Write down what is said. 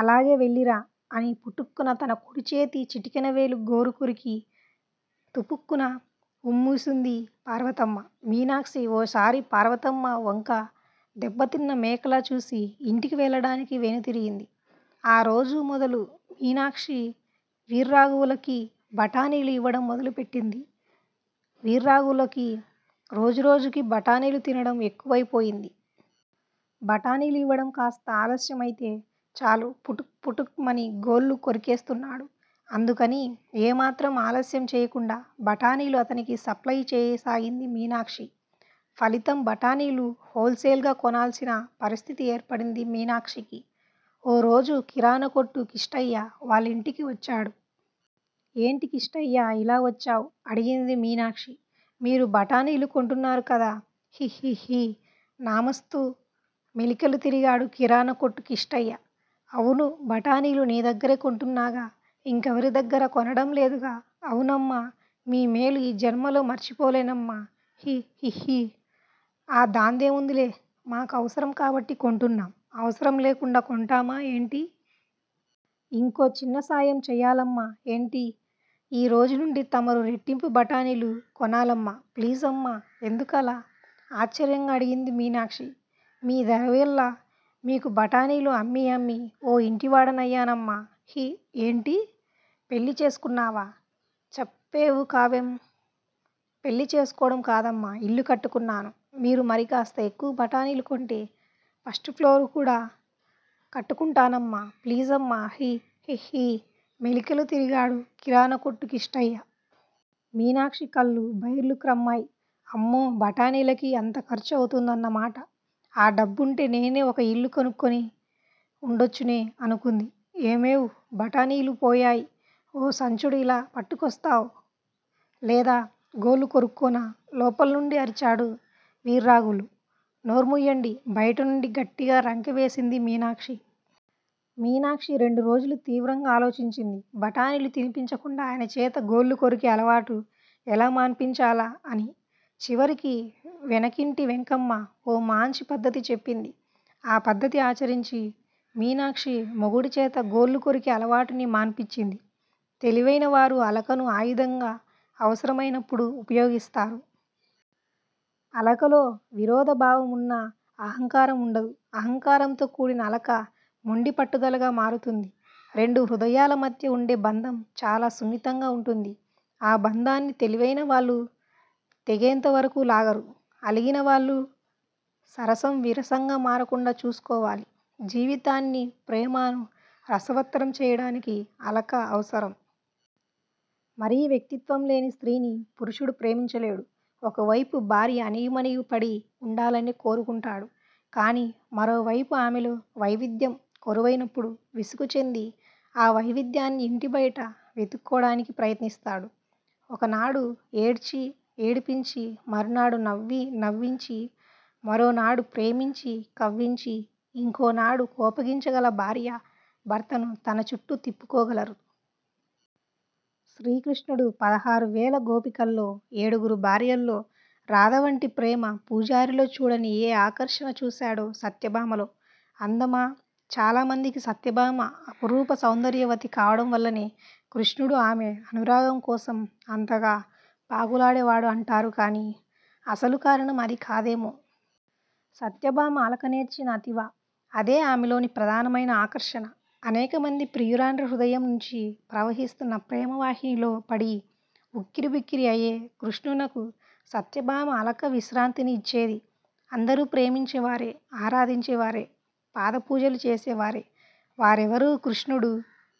అలాగే వెళ్లిరా అని పుటుక్కున తన కుడిచేతి చిటికెనవేలు గోరు కొరికి తుపుక్కున ఉమ్మూసింది పార్వతమ్మ. మీనాక్షి ఓసారి పార్వతమ్మ వంక దెబ్బతిన్న మేకలా చూసి ఇంటికి వెళ్లడానికి వెనుతిరిగింది. ఆరోజు మొదలు మీనాక్షి వీర్రాఘవులుకి బఠాణీలు ఇవ్వడం మొదలు బెట్టింది. వీర్రాఘవులుకి రోజు రోజుకీ బఠాణీలు తినడం ఎక్కువైపోయింది. బఠాణీలు ఇవ్వడం కాస్త ఆలస్యం అయితే చాలు పుటుక్ పుటుక్ మని గోళ్లు కొరికేస్తున్నాడు. అందుకని ఏ మాత్రం ఆలస్యం చెయ్యకుండా బఠాణీలు అతనికి సప్లయి చేయసాగింది మీనాక్షి. ఫలితం బఠాణీలు హోల్ సేల్ గా కొనాల్సిన పరిస్థితి ఏర్పడింది మీనాక్షికి. ఓరోజు కిరాణా కొట్టు కిష్టయ్య వాళ్లింటికి వచ్చాడు. ఏంటి కిష్టయ్యా ఇలా వచ్చావ్? అడిగింది మీనాక్షి. మీరు బఠాణీలు కొంటున్నారుకదా హి హిహి నామస్తూ మెలికలు తిరిగాడు కిరాణా కొట్టు కిష్టయ్య. అవునూ బఠాణీలు నీ దగ్గరే కొంటున్నాగా ఇంకెవరిదగ్గరా కొనడంలేదుగా అవునమ్మా మీ మేలు ఈ జన్మలో మర్చిపోలేనమ్మా హి హిహి ఆ దాందేముందిలే మాకు అవసరం కాబట్టి కొంటున్నాం అవసరం లేకుండా కొంటామా ఏంటీ? ఇంకో చిన్న సాయం చెయ్యాలమ్మా ఏంటి? ఈ రోజు నుండి తమరు రెట్టింపు బఠాణీలు కొనాలమ్మా ప్లీజమ్మా ఎందుకలా? ఆశ్చర్యంగా అడిగింది మీనాక్షి. మీ దయవల్ల మీకు బఠాణీలు అమ్మీ అమ్మీ ఓ ఇంటివాడినయ్యానమ్మా హి ఏంటీ? పెళ్లి చేసుకున్నావా? చెప్పేవుకావేం? పెళ్లి చేస్కోడం కాదమ్మా ఇల్లు కట్టుకున్నాను మీరు మరికాస్త ఎక్కువ బఠాణీలు కొంటే ఫస్టుప్లోరు కూడా కట్టుకుంటానమ్మా ప్లీజమ్మా హి హిహి మెలికలు తిరిగాడు కిరాణా కొట్టు కిష్టయ్య. మీనాక్షి కళ్లు బైర్లు క్రమ్మాయ్ అమ్మో బఠాణీలకి అంత ఖర్చు అవుతుందన్నమాట! ఆ డబ్బుంటే నేనే ఒక ఇల్లు కొనుక్కుని ఉండొచ్చునే!! అనుకుంది. ఏమేవ్ బఠాణీలయిపోయాయ్ ఓ సంచుడు ఇలా పట్టుకొస్తావ్? లేదా గోళ్లు కొరుక్కోనా? లోపల్నుండి అరిచాడు వీర్రాఘవులు. నోర్ముయ్యండి బయటినుండి గట్టిగా రంకె వేసింది మీనాక్షి. మీనాక్షి రెండురోజులు తీవ్రంగా ఆలోచించింది బఠాణీలు తినిపించకుండా ఆయనచేత గోళ్లు కొరికే అలవాటు ఎలా మాన్పించాలా -అని! చివరికి వెనకింటి వెంకమ్మ ఓ మాంఛి పద్దతి చెప్పింది. ఆ పద్దతి ఆచరించి మీనాక్షి మొగుడిచేత గోళ్లు కొరికే అలవాటుని మాన్పించింది. తెలివైన వారు అలకను ఆయుధంగా అవసరం అయినప్పుడు ఉపయోగిస్తారు. అలకలో విరోధ భావం ఉన్నా, అహంకారం ఉండదు. అహంకారంతో కూడిన అలక మొండి పట్టుదలగా మారుతుంది. రెండు హృదయాల మధ్య ఉండే బంధం చాలా సున్నితంగా ఉంటుంది. ఆ బంధాన్ని తెలివైన వాళ్లు తెగేంతవరకూ లాగరు. అలిగిన వాళ్లు సరసం విరసంగా మారకుండా చూసుకోవాలి. జీవితాన్ని, ప్రేమానూ రసవత్తరం చెయ్యడానికి అలక అవసరం. మరీ వ్యక్తిత్వం లేని స్త్రీని పురుషుడు ప్రేమించలేడు. ఒకవైపు భార్య అణిగిమణిగి పడి ఉండాలనే కోరుకుంటాడు. కాని, మరోవైపు ఆమెలో వైవిధ్యం కొరవైనప్పుడు విసుగు చెంది, ఆ వైవిధ్యాన్ని ఇంటి బయట వెతుక్కోవడానికి ప్రయత్నిస్తాడు. ఒకనాడు ఏడ్చీ, ఏడిపించి, మరునాడు నవ్వి, నవ్వించి, మరోనాడు ప్రేమించి, కవ్వించి, ఇంకోనాడు కోపగించగల భార్య భర్తను తనచుట్టూ తిప్పుకోగలదు. శ్రీ కృష్ణుడు పదహారువేల గోపికల్లో, ఏడుగురు భార్యల్లో, రాధ వంటి ప్రేమ పూజారిలో చూడని ఏ ఆకర్షణ చూశాడో సత్యభామలో? అందమా? చాలా మందికి సత్యభామ అపురూప సౌందర్యవతి కావడంవల్లనే కృష్ణుడు ఆమె అనురాగంకోసం అంతగా పాకులాడేవాడు అంటారు కాని, అసలు కారణం అది కాదేమో? సత్యభామ అలకనేర్చిన అతివ. అదే ఆమెలోని ప్రధానమైన ఆకర్షణ. అనేకమంది ప్రియురాండ్ర హృదయం నుంచి ప్రవహిస్తున్న ప్రేమవాహినిలో పడి ఉక్కిరిబిక్కిరి అయే కృష్ణునకు సత్యభామ అలక విశ్రాంతిని ఇచ్చేది అందరూ ప్రేమించేవారే, ఆరాధించేవారే. పాదపూజలు చేసేవారే. వారెవరూ కృష్ణుడు